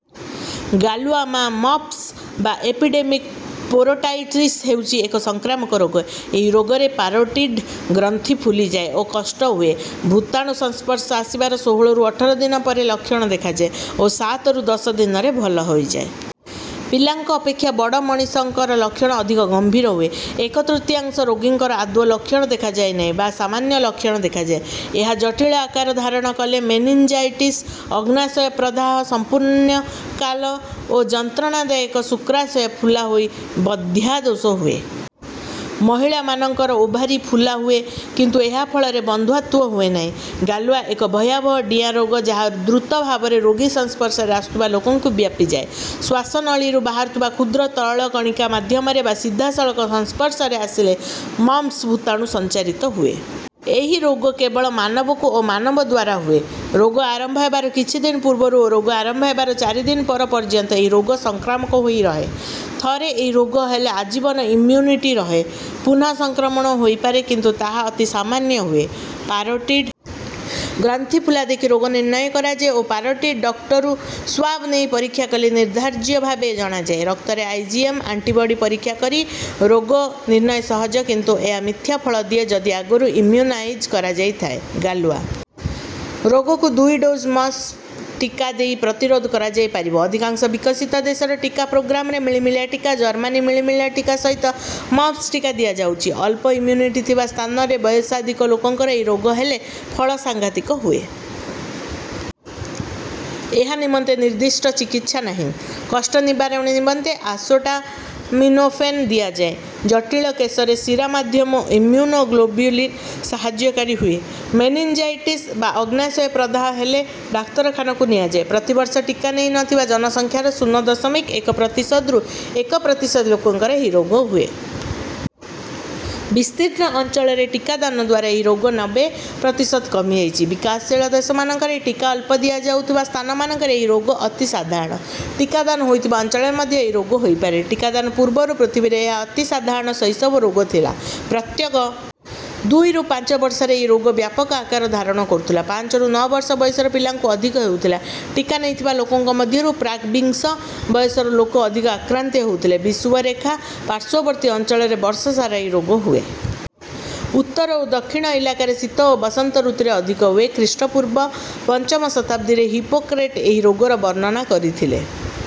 ଗାଲୁଆ ବା ମମ୍ପ୍ସ ବା ଏପିଡେମିକ ପରୋଟାଇଟିସ ହେଉଛି ଏକ ସଂକ୍ରାମକ ରୋଗ। ଏହି ରୋଗରେ ପାରୋଟିଡ ଗ୍ରନ୍ଥି ଫୁଲିଯାଏ ଓ କଷ୍ଟ ହୁଏ। ଭୂତାଣୁ ସଂସ୍ପର୍ଶ ଆସିବାର ଷୋହଳରୁ ଅଠର ଦିନ ପରେ ଲକ୍ଷଣ ଦେଖାଯାଏ ଓ ସାତରୁ ଦଶ ଦିନରେ ଭଲ ହୋଇଯାଏ। ପିଲାଙ୍କ ଅପେକ୍ଷା ବଡ଼ ମଣିଷଙ୍କର ଲକ୍ଷଣ ଅଧିକ ଗମ୍ଭୀର ହୁଏ। ଏକ ତୃତୀୟାଂଶ ରୋଗୀଙ୍କର ଆଦୌ ଲକ୍ଷଣ ଦେଖାଯାଏ ନାହିଁ ବା ସାମାନ୍ୟ ଲକ୍ଷଣ ଦେଖାଯାଏ। ଏହା ଜଟିଳ ଆକାର ଧାରଣ କଲେ ମେନିଞ୍ଜାଇଟିସ, ଅଗ୍ନାଶୟ ପ୍ରଦାହ, ସମ୍ପୂର୍ଣ୍ଣ କାଲ ଓ ଯନ୍ତ୍ରଣାଦାୟକ ଶୁକ୍ରାଶୟ ଫୁଲା ହୋଇ ବନ୍ଧ୍ୟାଦୋଷ ହୁଏ। ମହିଳାମାନଙ୍କର ଓଭାରି ଫୁଲା ହୁଏ କିନ୍ତୁ ଏହା ଫଳରେ ବନ୍ଧ୍ୟାତ୍ୱ ହୁଏ ନାହିଁ। ଗାଲୁଆ ଏକ ଭୟାବହ ଡିଆଁ ରୋଗ ଯାହା ଦୃତ ଭାବରେ ରୋଗୀ ସଂସ୍ପର୍ଶରେ ଆସୁଥିବା ଲୋକଙ୍କୁ ବ୍ୟାପିଯାଏ। ଶ୍ୱାସନଳୀରୁ ବାହାରୁଥିବା କ୍ଷୁଦ୍ର ତରଳକଣିକା ମାଧ୍ୟମରେ ବା ସିଧାସଳଖ ସଂସ୍ପର୍ଶରେ ଆସିଲେ ମମ୍ପ୍ସ ଭୂତାଣୁ ସଞ୍ଚାରିତ ହୁଏ। ଏହି ରୋଗ କେବଳ ମାନବକୁ ଓ ମାନବଦ୍ୱାରା ହୁଏ। ରୋଗ ଆରମ୍ଭ ହେବାର କିଛି ଦିନ ପୂର୍ବରୁ ଓ ରୋଗ ଆରମ୍ଭ ହେବାର ଚାରି ଦିନ ପର ପର୍ଯ୍ୟନ୍ତ ଏହି ରୋଗ ସଂକ୍ରାମକ ହୋଇ ରହେ। ଥରେ ଏହି ରୋଗ ହେଲେ ଆଜୀବନ ଇମ୍ମ୍ୟୁନିଟି ରହେ। ପୁନଃସଂକ୍ରମଣ ହୋଇପାରେ କିନ୍ତୁ ତାହା ଅତି ସାମାନ୍ୟ ହୁଏ। ପାରୋଟିଡ ଗ୍ରନ୍ଥି ଫୁଲା ଦେଖି ରୋଗ ନିର୍ଣ୍ଣୟ କରାଯାଏ ଓ ପାରୋଟିଡ ଡକ୍ଟରୁ ସ୍ୱାବ ନେଇ ପରୀକ୍ଷା କଲେ ନିର୍ଦ୍ଧାର୍ଯ୍ୟ ଭାବେ ଜଣାଯାଏ। ରକ୍ତରେ ଆଇଜିଏମ ଆଣ୍ଟିବଡି ପରୀକ୍ଷା କରି ରୋଗ ନିର୍ଣ୍ଣୟ ସହଜ କିନ୍ତୁ ଏହା ମିଥ୍ୟା ଫଳ ଦିଏ ଯଦି ଆଗରୁ ଇମ୍ମ୍ୟୁନାଇଜ କରାଯାଇଥାଏ। ଗାଲୁଆ ରୋଗକୁ ଦୁଇ ଡୋଜ ମମ୍ପ୍ସ ଟିକା ଦେଇ ପ୍ରତିରୋଧ କରାଯାଇପାରିବ। ଅଧିକାଂଶ ବିକଶିତ ଦେଶର ଟିକା ପ୍ରୋଗ୍ରାମରେ ମିଳିମିଳା ଟିକା, ଜର୍ମାନୀ ମିଳିମିଳା ଟିକା ସହିତ ମମ୍ପ୍ସ ଟିକା ଦିଆଯାଉଛି। ଅଳ୍ପ ଇମ୍ମ୍ୟୁନିଟି ଥିବା ସ୍ଥାନରେ ବୟସାଧିକ୍ୟ ଲୋକଙ୍କର ଏହି ରୋଗ ହେଲେ ଫଳ ସାଂଘାତିକ ହୁଏ। ଏହା ନିମନ୍ତେ ନିର୍ଦ୍ଦିଷ୍ଟ ଚିକିତ୍ସା ନାହିଁ। କଷ୍ଟ ନିବାରଣ ନିମନ୍ତେ ଆସେଟାମିନୋଫେନ ଦିଆଯାଏ। ଜଟିଳ କେଶରେ ଶୀରାମାଧ୍ୟମ ଇମ୍ମ୍ୟୁନୋଗ୍ଲୋବ୍ୟୁଲିନ ସାହାଯ୍ୟକାରୀ ହୁଏ। ମେନିଞ୍ଜାଇଟିସ ବା ଅଗ୍ନାଶୟ ପ୍ରଦାହ ହେଲେ ଡାକ୍ତରଖାନାକୁ ନିଆଯାଏ। ପ୍ରତିବର୍ଷ ଟିକା ନେଇ ନ ଥିବା ଜନସଂଖ୍ୟାର ଶୂନ ଦଶମିକ ଏକ ପ୍ରତିଶତରୁ ଏକ ପ୍ରତିଶତ ଲୋକଙ୍କର ଏହି ରୋଗ ହୁଏ। ବିସ୍ତୀର୍ଣ୍ଣ ଅଞ୍ଚଳରେ ଟିକାଦାନ ଦ୍ୱାରା ଏହି ରୋଗ ନବେ ପ୍ରତିଶତ କମିଯାଇଛି। ବିକାଶଶୀଳ ଦେଶମାନଙ୍କରେ ଟିକା ଅଳ୍ପ ଦିଆଯାଉଥିବା ସ୍ଥାନମାନଙ୍କରେ ଏହି ରୋଗ ଅତି ସାଧାରଣ। ଟିକାଦାନ ହୋଇଥିବା ଅଞ୍ଚଳରେ ମଧ୍ୟ ଏହି ରୋଗ ହୋଇପାରେ। ଟିକାଦାନ ପୂର୍ବରୁ ପୃଥିବୀରେ ଏହା ଅତି ସାଧାରଣ ଶୈଶବ ରୋଗ ଥିଲା। ପ୍ରତ୍ୟେକ ଦୁଇରୁ ପାଞ୍ଚ ବର୍ଷରେ ଏହି ରୋଗ ବ୍ୟାପକ ଆକାର ଧାରଣ କରୁଥିଲା। ପାଞ୍ଚରୁ ନଅ ବର୍ଷ ବୟସର ପିଲାଙ୍କୁ ଅଧିକ ହେଉଥିଲା। ଟିକା ନେଇଥିବା ଲୋକଙ୍କ ମଧ୍ୟରୁ ପ୍ରାକ୍ ବିଂଶ ବୟସର ଲୋକ ଅଧିକ ଆକ୍ରାନ୍ତ ହେଉଥିଲେ। ବିଷୁବରେଖା ପାର୍ଶ୍ୱବର୍ତ୍ତୀ ଅଞ୍ଚଳରେ ବର୍ଷ ସାରା ଏହି ରୋଗ ହୁଏ। ଉତ୍ତର ଓ ଦକ୍ଷିଣ ଇଲାକାରେ ଶୀତ ଓ ବସନ୍ତ ଋତୁରେ ଅଧିକ ହୁଏ। ଖ୍ରୀଷ୍ଟପୂର୍ବ ପଞ୍ଚମ ଶତାବ୍ଦୀରେ ହିପୋକ୍ରେଟ ଏହି ରୋଗର ବର୍ଣ୍ଣନା କରିଥିଲେ।